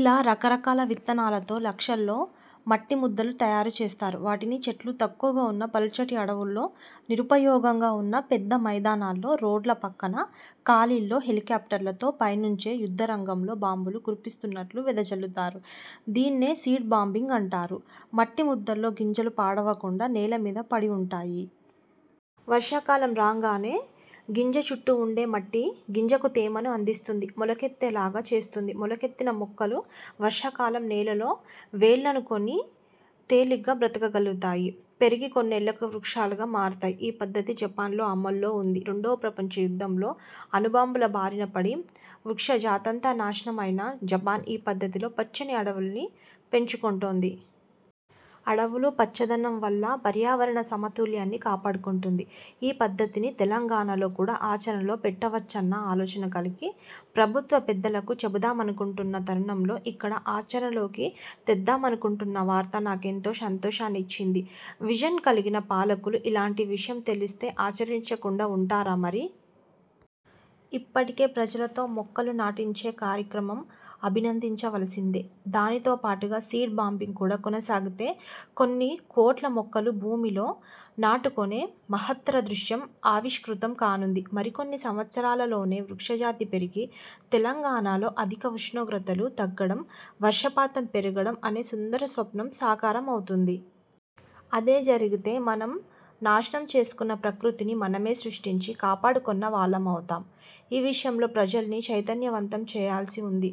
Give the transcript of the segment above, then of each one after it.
ఇలా రకరకాల విత్తనాలతో లక్షల్లో మట్టి ముద్దలు తయారుచేస్తారు. వాటిని చెట్లు తక్కువగా వున్న పలుచటి అడవుల్లో, నిరుపయోగంగా వున్న పెద్ద మైదానాల్లో, రోడ్ల పక్కన ఖాళీల్లో హెలికాఫ్టర్లతో పైనుంచే యుద్ధరంగంలో బాంబులు కురిపిస్తున్నట్లు వెదజల్లుతారు. దీన్నే 'సీడ్ బాంబింగ్' అంటారు. మట్టి ముద్దల్లో గింజలు పాడవకుండా నేలమీద పడి వుంటాయి. వర్షాకాలం రాంగానే గింజ చుట్టూ వుండే మట్టి గింజకు తేమని అందిస్తుంది. మొలకెత్తే లాగా చేస్తుంది. మొలకెత్తిన మొక్కలు వర్షాకాలం నేలలో వేళ్ళూనుకొని తేలికగా బ్రతుకగలుగుతాయి. పెరిగి కొన్నేళ్ళకి వృక్షాలుగా మారుతాయి. ఈ పద్ధతి జపాన్లో అమల్లో వుంది. రెండవ ప్రపంచ యుద్ధంలో అణుబాంబుల బారినపడి వృక్షజాతంతా నాశనం అయిన జపాన్ ఈ పద్ధతితో పచ్చని అడవుల్ని పెంచుకుంటోంది. అడవులూ, పచ్చదనం వల్ల పర్యావరణ సమతుల్యాన్ని కాపాడుకుంటోంది. ఈ పద్ధతిని తెలంగాణలో కూడా ఆచరణలో పెట్టవచ్చన్న ఆలోచన కలిగి, ప్రభుత్వ పెద్దలకు చెబుదామనుకుంటున్న తరుణంలో, ఇక్కడా ఆచరణలోకి తెద్దామనుకుంటున్న వార్త నాకెంతో సంతోషాన్నిచ్చింది. విజన్ కలిగిన పాలకులు ఇలాంటి విషయం తెలిస్తే ఆచరించకుండా ఉంటారా మరి! ఇప్పటికే ప్రజలతో మొక్కలు నాటించే కార్యక్రమం అభినందించవలసిందే. దానితో పాటుగా సీడ్ బాంబింగ్ కూడా కొనసాగితే కొన్ని కోట్ల మొక్కలు భూమిలో నాటుకొనే మహత్తర దృశ్యం ఆవిష్కృతం కానుంది. మరికొన్ని సంవత్సరాలలోనే వృక్షజాతి పెరిగి, తెలంగాణలో అధిక ఉష్ణోగ్రతలు తగ్గడం, వర్షపాతం పెరగడం అనే సుందర స్వప్నం సాకారమవుతుంది. అదే జరిగితే మనం నాశనం చేసుకొన్న ప్రకృతిని మనమే సృష్టించి కాపాడుకొన్న వాళ్ళమవుతాం. ఈ విషయంలో ప్రజల్ని చైతన్యవంతం చెయ్యాల్సి వుంది.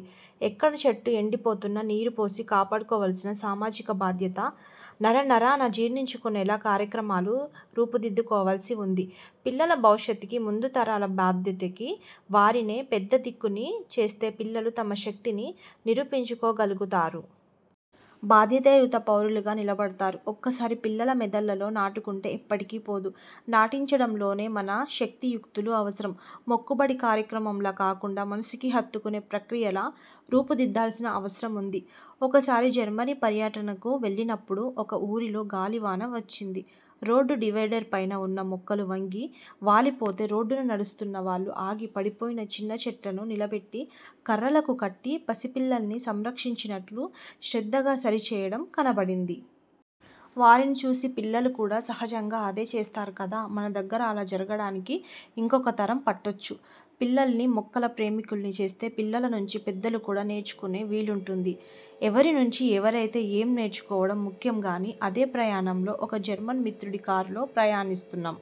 ఎక్కడ చెట్టు ఎండిపోతున్నా నీరుపోసి కాపాడుకోవాల్సిన సామాజిక బాధ్యత నరనరానా జీర్ణించుకొనేలా కార్యక్రమాలు రూపుదిద్దుకోవాల్సి వుంది. పిల్లల భవిష్యత్తుకీ, ముందుతరాల బాధ్యతకీ వారినే పెద్ద దిక్కుని చేస్తే పిల్లలు తమ శక్తిని నిరూపించుకోగలుగుతారు. బాధ్యతాయుత పౌరులుగా నిలబడతారు. ఒక్కసారి పిల్లల మెదళ్ళలో నాటుకొంటే ఎప్పటికీ పోదు. నాటించడంలోనే మన శక్తియుక్తులు అవసరం. మొక్కుబడి కార్యక్రమంలా కాకుండా మనసుకి హత్తుకొనే ప్రక్రియలా రూపుదిద్దాల్సిన అవసరం వుంది. ఒకసారి జర్మనీ పర్యటనకు వెళ్ళినప్పుడు ఒక ఊరిలో గాలివాన వచ్చింది. రోడ్డు డివైడర్ పైన వున్న మొక్కలు వంగి వాలిపోతే రోడ్డున నడుస్తున్న వాళ్ళు ఆగి పడిపోయిన చిన్న చెట్లను నిలబెట్టి కర్రలకు కట్టి పసిపిల్లల్ని సంరక్షించినట్లు శ్రద్ధగా సరిచెయ్యడం కనబడింది. వారిని చూసి పిల్లలు కూడా సహజంగా అదే చేస్తారు కదా. మనదగ్గర అలా జరగడానికి ఇంకొక తరం పట్టొచ్చు పిల్లల్ని మొక్కల ప్రేమికుల్ని చేస్తే! పిల్లల నుంచీ పెద్దలు కూడా నేర్చుకొనే వీలుంటుంది. ఎవరి నుంచి ఎవరయితే ఏం నేర్చుకోవడం ముఖ్యంగానీ. అదే ప్రయాణంలో ఒక జర్మన్ మిత్రుడి కారులో ప్రయాణిస్తున్నాం.